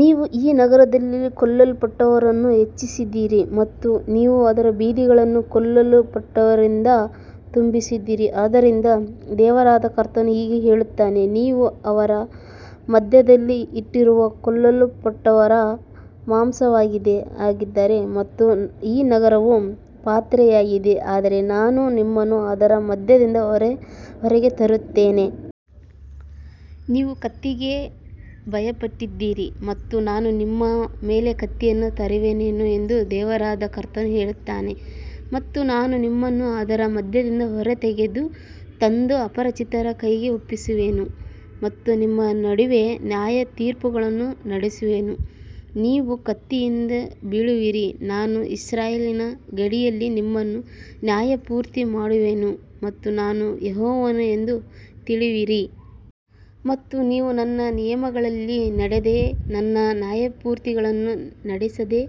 ನೀವು ಈ ನಗರದಲ್ಲಿ ಕೊಲ್ಲಲ್ಪಟ್ಟವರನ್ನು ಹೆಚ್ಚಿಸಿದ್ದೀರಿ ಮತ್ತು ನೀವು ಅದರ ಬೀದಿಗಳನ್ನು ಕೊಲ್ಲಲ್ಪಟ್ಟವರಿಂದ ತುಂಬಿಸಿದ್ದೀರಿ. ಆದ್ದರಿಂದ ದೇವರಾದ ಕರ್ತನು ಹೀಗೆ ಹೇಳುತ್ತಾನೆ, ನೀವು ಅದರ ಮಧ್ಯದಲ್ಲಿ ಇಟ್ಟಿರುವ ಕೊಲ್ಲಲ್ಪಟ್ಟವರು ಮಾಂಸವಾಗಿದ್ದಾರೆ ಮತ್ತು ಈ ನಗರವು ಪಾತ್ರೆಯಾಗಿದೆ, ಆದರೆ ನಾನು ನಿಮ್ಮನ್ನು ಅದರ ಮಧ್ಯದಿಂದ ಹೊರಗೆ ತರುತ್ತೇನೆ. ನೀವು ಕತ್ತಿಗೆ ಭಯಪಟ್ಟಿದ್ದೀರಿ ಮತ್ತು ನಾನು ನಿಮ್ಮ ಮೇಲೆ ಕತ್ತಿಯನ್ನು ತರುವೆನು ಎಂದು ದೇವರಾದ ಕರ್ತನು ಹೇಳುತ್ತಾನೆ. ಮತ್ತು ನಾನು ನಿಮ್ಮನ್ನು ಅದರ ಮಧ್ಯದಿಂದ ಹೊರಗೆ ತಂದು ಅಪರಿಚಿತರ ಕೈಗೆ ಒಪ್ಪಿಸುವೆನು ಮತ್ತು ನಿಮ್ಮ ನಡುವೆ ನ್ಯಾಯತೀರ್ಪುಗಳನ್ನು ನಡೆಸುವೆನು. ನೀವು ಕತ್ತಿಯಿಂದ ಬೀಳುವಿರಿ, ನಾನು ಇಸ್ರಾಯೇಲಿನ ಗಡಿಯಲ್ಲಿ ನಿಮ್ಮನ್ನು ನ್ಯಾಯತೀರ್ಪು ಮಾಡುವೆನು ಮತ್ತು ನಾನೇ ಯೆಹೋವನು ಎಂದು ತಿಳಿಯುವಿರಿ. ಮತ್ತು ನೀವು ನನ್ನ ನಿಯಮಗಳಲ್ಲಿ ನಡೆಯದೆ ನನ್ನ ನ್ಯಾಯತೀರ್ಪುಗಳನ್ನು ನಡೆಸದೆ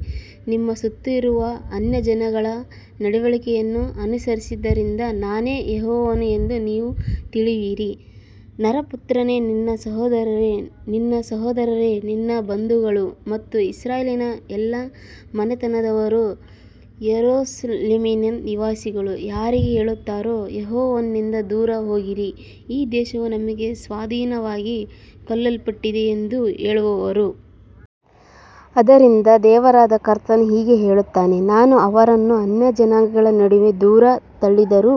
ನಿಮ್ಮ ಸುತ್ತಲಿರುವ ಅನ್ಯಜನಾಂಗಗಳ ನಡವಳಿಕೆಯನ್ನು ಅನುಸರಿಸಿದ್ದರಿಂದ ನಾನೇ ಯೆಹೋವನು ಎಂದು ನೀವು ತಿಳಿಯುವಿರಿ. ನರಪುತ್ರನೇ, ನಿನ್ನ ಸಹೋದರರೇ, ನಿನ್ನ ಸಹೋದರರೇ, ನಿನ್ನ ಬಂಧುಗಳು ಮತ್ತು ಇಸ್ರಾಯೇಲಿನ ಎಲ್ಲಾ ಮನೆತನದವರೂ, ಯೆರೂಸಲೇಮಿನ ನಿವಾಸಿಗಳು ಯಾರಿಗೆ ಹೇಳುತ್ತಾರೋ, ಯೆಹೋವನಿಂದ ದೂರ ಹೋಗಿರಿ, ಈ ದೇಶವು ನಮಗೆ ಸ್ವಾಧೀನವಾಗಿ ಕೊಡಲ್ಪಟ್ಟಿದೆ ಎಂದು ಹೇಳುವವರು. ಆದ್ದರಿಂದ ದೇವರಾದ ಕರ್ತನು ಹೀಗೆ ಹೇಳುತ್ತಾನೆ, ನಾನು ಅವರನ್ನು ಅನ್ಯಜನಾಂಗಗಳ ನಡುವೆ ದೂರ ತಳ್ಳಿದರೂ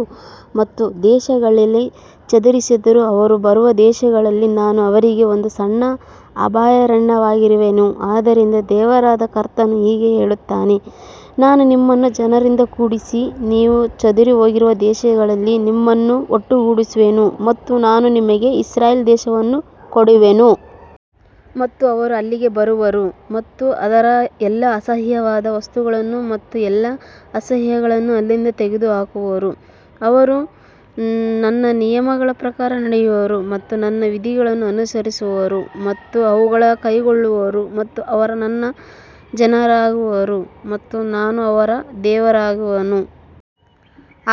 ಮತ್ತು ದೇಶಗಳಲ್ಲಿ ಚದರಿಸಿದ್ದರೂ, ಅವರು ಬರುವ ದೇಶಗಳಲ್ಲಿ ನಾನು ಅವರಿಗೆ ಒಂದು ಸಣ್ಣ ಅಭಯಾರಣ್ಯವಾಗಿರುವೆನು. ಆದ್ದರಿಂದ ದೇವರಾದ ಕರ್ತನು ಹೀಗೆ ಹೇಳುತ್ತಾನೆ, ನಾನು ನಿಮ್ಮನ್ನು ಜನರಿಂದ ಕೂಡಿಸಿ ನೀವು ಚದುರಿಹೋಗಿರುವ ದೇಶಗಳಲ್ಲಿ ನಿಮ್ಮನ್ನು ಒಟ್ಟುಗೂಡಿಸುವೆನು ಮತ್ತು ನಾನು ನಿಮಗೆ ಇಸ್ರಾಯೇಲ್ ದೇಶವನ್ನು ಕೊಡುವೆನು. ಮತ್ತು ಅವರು ಅಲ್ಲಿಗೆ ಬರುವರು ಮತ್ತು ಅದರ ಎಲ್ಲಾ ಅಸಹ್ಯವಾದ ವಸ್ತುಗಳನ್ನು ಮತ್ತು ಎಲ್ಲಾ ಅಸಹ್ಯಗಳನ್ನು ಅಲ್ಲಿಂದ ತೆಗೆದುಹಾಕುವರು. ಅವರು ನನ್ನ ನಿಯಮಗಳ ಪ್ರಕಾರ ನಡೆಯುವರು ಮತ್ತು ನನ್ನ ವಿಧಿಗಳನ್ನು ಅನುಸರಿಸುವರು ಮತ್ತು ಅವುಗಳನ್ನು ಕೈಗೊಳ್ಳುವರು ಮತ್ತು ಅವರು ನನ್ನ ಜನರಾಗುವರು ಮತ್ತು ನಾನು ಅವರ ದೇವರಾಗಿರುವೆನು.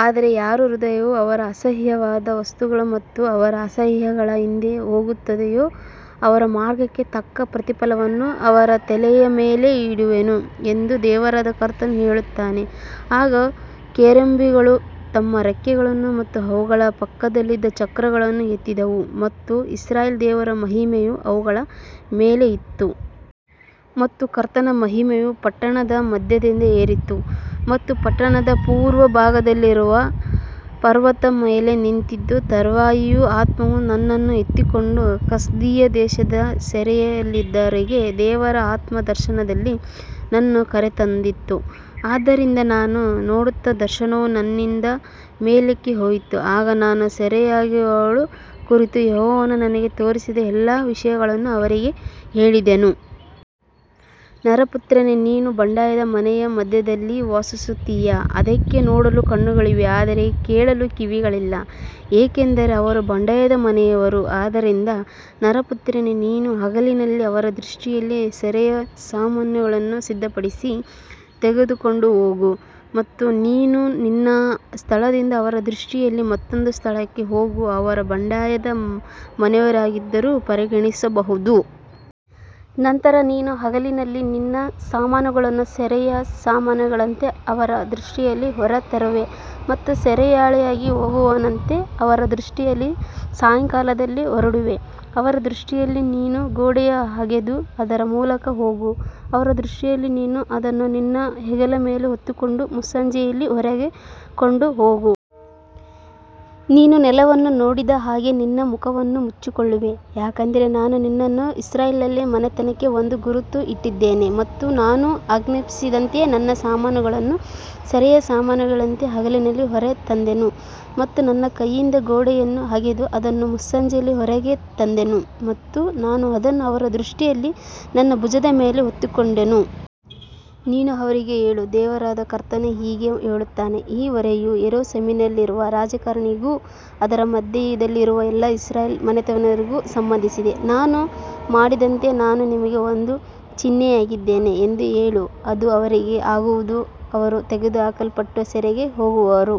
ಆದರೆ ಯಾರ ಹೃದಯವು ಅವರ ಅಸಹ್ಯವಾದ ವಸ್ತುಗಳ ಮತ್ತು ಅವರ ಅಸಹ್ಯಗಳ ಹಿಂದೆ ಹೋಗುತ್ತದೆಯೋ, ಅವರ ಮಾರ್ಗಕ್ಕೆ ತಕ್ಕ ಪ್ರತಿಫಲವನ್ನು ಅವರ ತಲೆಯ ಮೇಲೆ ಇಡುವೆನು ಎಂದು ದೇವರಾದ ಕರ್ತನು ಹೇಳುತ್ತಾನೆ. ಆಗ ಕೆರೂಬಿಗಳು ತಮ್ಮ ರೆಕ್ಕೆಗಳನ್ನು ಮತ್ತು ಅವುಗಳ ಪಕ್ಕದಲ್ಲಿದ್ದ ಚಕ್ರಗಳನ್ನು ಎತ್ತಿದವು ಮತ್ತು ಇಸ್ರಾಯೇಲ್ ದೇವರ ಮಹಿಮೆಯು ಅವುಗಳ ಮೇಲೆ ಇತ್ತು. ಮತ್ತು ಕರ್ತನ ಮಹಿಮೆಯು ಪಟ್ಟಣದ ಮಧ್ಯದಿಂದ ಏರಿತು ಮತ್ತು ಪಟ್ಟಣದ ಪೂರ್ವ ಭಾಗದಲ್ಲಿರುವ ಪರ್ವತದ ಮೇಲೆ ನಿಂತಿತು. ತರುವಾಯ ಆತ್ಮವು ನನ್ನನ್ನು ಎತ್ತಿಕೊಂಡು ಕಸ್ದೀಯ ದೇಶದಲ್ಲಿ ಸೆರೆಯಲ್ಲಿದ್ದವರಿಗೆ ದೇವರ ಆತ್ಮದ ದರ್ಶನದಲ್ಲಿ ನನ್ನನ್ನು ಕರೆತಂದಿತು. ಆದ್ದರಿಂದ ನಾನು ನೋಡಿದ ದರ್ಶನವು ನನ್ನಿಂದ ಮೇಲಕ್ಕೆ ಹೋಯಿತು. ಆಗ ನಾನು ಸೆರೆಯಾಳುಗಳ ಕುರಿತು ಯೆಹೋವನು ನನಗೆ ತೋರಿಸಿದ ಎಲ್ಲಾ ವಿಷಯಗಳನ್ನು ಅವರಿಗೆ ಹೇಳಿದೆನು. ನರಪುತ್ರನೇ, ನೀನು ಬಂಡಾಯದ ಮನೆಯ ಮಧ್ಯದಲ್ಲಿ ವಾಸಿಸುತ್ತೀಯಾ, ಅದಕ್ಕೆ ನೋಡಲು ಕಣ್ಣುಗಳಿವೆ ಆದರೆ ಕೇಳಲು ಕಿವಿಗಳಿಲ್ಲ, ಏಕೆಂದರೆ ಅವರು ಬಂಡಾಯದ ಮನೆಯವರು. ಆದ್ದರಿಂದ ನರಪುತ್ರನೇ, ನೀನು ಹಗಲಿನಲ್ಲಿ ಅವರ ದೃಷ್ಟಿಯಲ್ಲಿ ಸೆರೆಯ ಸಾಮಾನುಗಳನ್ನು ಸಿದ್ಧಪಡಿಸಿ ತೆಗೆದುಕೊಂಡು ಹೋಗು ಮತ್ತು ನೀನು ನಿನ್ನ ಸ್ಥಳದಿಂದ ಅವರ ದೃಷ್ಟಿಯಲ್ಲಿ ಮತ್ತೊಂದು ಸ್ಥಳಕ್ಕೆ ಹೋಗು, ಅವರು ಬಂಡಾಯದ ಮನೆಯವರಾಗಿದ್ದರೂ ಪರಿಗಣಿಸಬಹುದು. ನಂತರ ನೀನು ಹಗಲಿನಲ್ಲಿ ನಿನ್ನ ಸಾಮಾನುಗಳನ್ನು ಸೆರೆಯ ಸಾಮಾನುಗಳಂತೆ ಅವರ ದೃಷ್ಟಿಯಲ್ಲಿ ಹೊರಗೆ ತರುವೆ ಮತ್ತು ಸೆರೆಯಾಳಾಗಿ ಹೋಗುವವನಂತೆ ಅವರ ದೃಷ್ಟಿಯಲ್ಲಿ ಸಾಯಂಕಾಲದಲ್ಲಿ ಹೊರಡುವೆ. ಅವರ ದೃಷ್ಟಿಯಲ್ಲಿ ನೀನು ಗೋಡೆಯನ್ನು ಅಗೆದು ಅದರ ಮೂಲಕ ಹೋಗು. ಅವರ ದೃಷ್ಟಿಯಲ್ಲಿ ನೀನು ಅದನ್ನು ನಿನ್ನ ಹೆಗಲ ಮೇಲೆ ಹೊತ್ತುಕೊಂಡು ಮುಸ್ಸಂಜೆಯಲ್ಲಿ ಹೊರಗೆ ಕೊಂಡು ಹೋಗು. ನೀನು ನೆಲವನ್ನು ನೋಡದ ಹಾಗೆ ನಿನ್ನ ಮುಖವನ್ನು ಮುಚ್ಚಿಕೊಳ್ಳುವೆ, ಯಾಕಂದರೆ ನಾನು ನಿನ್ನನ್ನು ಇಸ್ರಾಯೇಲ್ ಮನೆತನಕ್ಕೆ ಒಂದು ಗುರುತಾಗಿ ಇಟ್ಟಿದ್ದೇನೆ. ಮತ್ತು ನಾನು ಆಜ್ಞಾಪಿಸಿದಂತೆಯೇ ನನ್ನ ಸಾಮಾನುಗಳನ್ನು ಸೆರೆಯ ಸಾಮಾನುಗಳಂತೆ ಹಗಲಿನಲ್ಲಿ ಹೊರಗೆ ತಂದೆನು ಮತ್ತು ನನ್ನ ಕೈಯಿಂದ ಗೋಡೆಯನ್ನು ಅಗೆದು ಅದನ್ನು ಮುಸ್ಸಂಜೆಯಲ್ಲಿ ಹೊರಗೆ ತಂದೆನು ಮತ್ತು ನಾನು ಅದನ್ನು ಅವರ ದೃಷ್ಟಿಯಲ್ಲಿ ನನ್ನ ಭುಜದ ಮೇಲೆ ಹೊತ್ತುಕೊಂಡೆನು. ನೀನು ಅವರಿಗೆ ಹೇಳು, ದೇವರಾದ ಕರ್ತನು ಹೀಗೆ ಹೇಳುತ್ತಾನೆ, ಈ ಹೊರೆಯು ಯೆರೂಸಲೇಮಿನಲ್ಲಿರುವ ರಾಜಕುಮಾರನಿಗೂ ಅವರ ಮಧ್ಯದಲ್ಲಿರುವ ಎಲ್ಲಾ ಇಸ್ರಾಯೇಲ್ ಮನೆತನದವರಿಗೂ ಸಂಬಂಧಿಸಿದೆ. ನಾನು ಮಾಡಿದಂತೆಯೇ ನಾನು ನಿಮಗೆ ಒಂದು ಚಿಹ್ನೆಯಾಗಿದ್ದೇನೆ ಎಂದು ಹೇಳು, ಅದು ಅವರಿಗೆ ಆಗುವುದು, ಅವರು ತೆಗೆದುಹಾಕಲ್ಪಟ್ಟು ಸೆರೆಗೆ ಹೋಗುವರು.